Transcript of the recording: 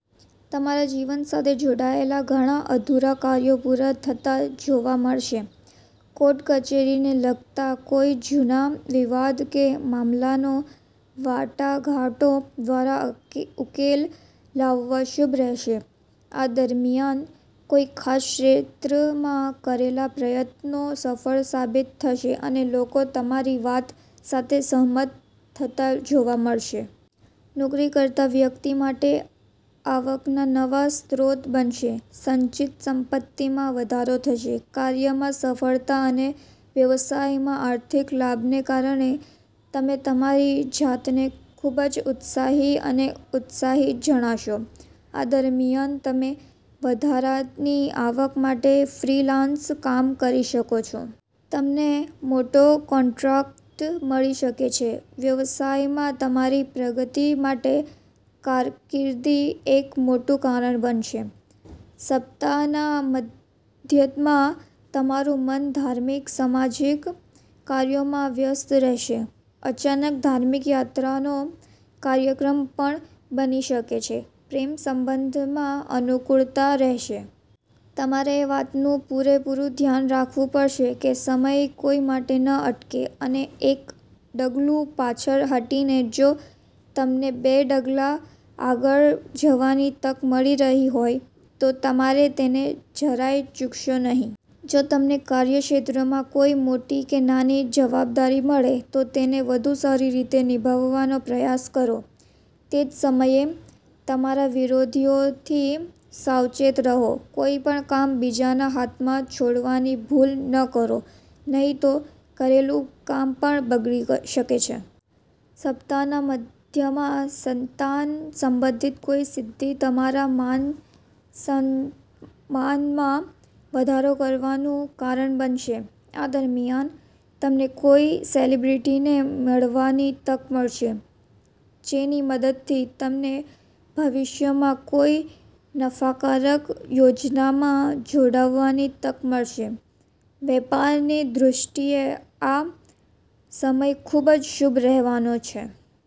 તમારા જીવન સાથે જોડાયેલા ઘણા અધૂરા કાર્યો પૂરા થતા જોવા મળશે. કોર્ટ-કચેરીને લગતા કોઈ જૂના વિવાદ કે મામલાનો વાટાઘાટો દ્વારા ઉકેલ લાવવા શુભ રહેશે. આ દરમિયાન કોઈ ખાસ ક્ષેત્રમાં કરેલા પ્રયત્નો સફળ સાબિત થશે અને લોકો તમારી વાત સાથે સહમત થતા જોવા મળશે. નોકરી કરતા વ્યક્તિ માટે આવકના નવા સ્ત્રોત બનશે. સંચિત સંપત્તિમાં વધારો થશે. કાર્યમાં સફળતા અને વ્યવસાયમાં આર્થિક લાભને કારણે તમે તમારી જાતને ખૂબ જ ઉત્સાહી અને ઉત્સાહી જણાશો. આ દરમિયાન, તમે વધારાની આવક માટે ફ્રીલાન્સ કામ કરી શકો છો. તમને મોટો કોન્ટ્રાક્ટ મળી શકે છે. વ્યવસાયમાં તમારી પ્રગતિ માટે કારકિર્દી એક મોટું કારણ બનશે. સપ્તાહના મધ્યમાં તમારું મન ધાર્મિક-સામાજિક કાર્યોમાં વ્યસ્ત રહેશે. અચાનક ધાર્મિક યાત્રાનો કાર્યક્રમ પણ બની શકે છે. પ્રેમ સંબંધમાં અનુકૂળતા રહેશે. તમારે એ વાતનું પૂરેપૂરું ધ્યાન રાખવું પડશે કે સમય કોઈ માટે ન અટકે અને એક ડગલું પાછળ હટીને જો તમને બે ડગલાં આગળ જવાની તક મળી રહી હોય તો તમારે તેને જરાય ચૂકશો નહીં. જો તમને કાર્યક્ષેત્રમાં કોઈ મોટી કે નાની જવાબદારી મળે તો તેને વધુ સારી રીતે નિભાવવાનો પ્રયાસ કરો. તે જ સમયે, તમારા વિરોધીઓથી સાવચેત રહો. કોઈ પણ કામ બીજાના હાથમાં છોડવાની ભૂલ ન કરો, નહીં તો કરેલું કામ પણ બગડી શકે છે. સપ્તાહના મધ્યમાં સંતાન સંબંધિત કોઈ સિદ્ધિ તમારા માન-સન્માનમાં વધારો કરવાનું કારણ બનશે. આ દરમિયાન, તમને કોઈ સેલિબ્રિટીને મળવાની તક મળશે, જેની મદદથી તમને ભવિષ્યમાં કોઈ નફાકારક યોજનામાં જોડાવાની તક મળશે. વેપારની દૃષ્ટિએ આ સમય ખૂબ જ શુભ રહેવાનો છે.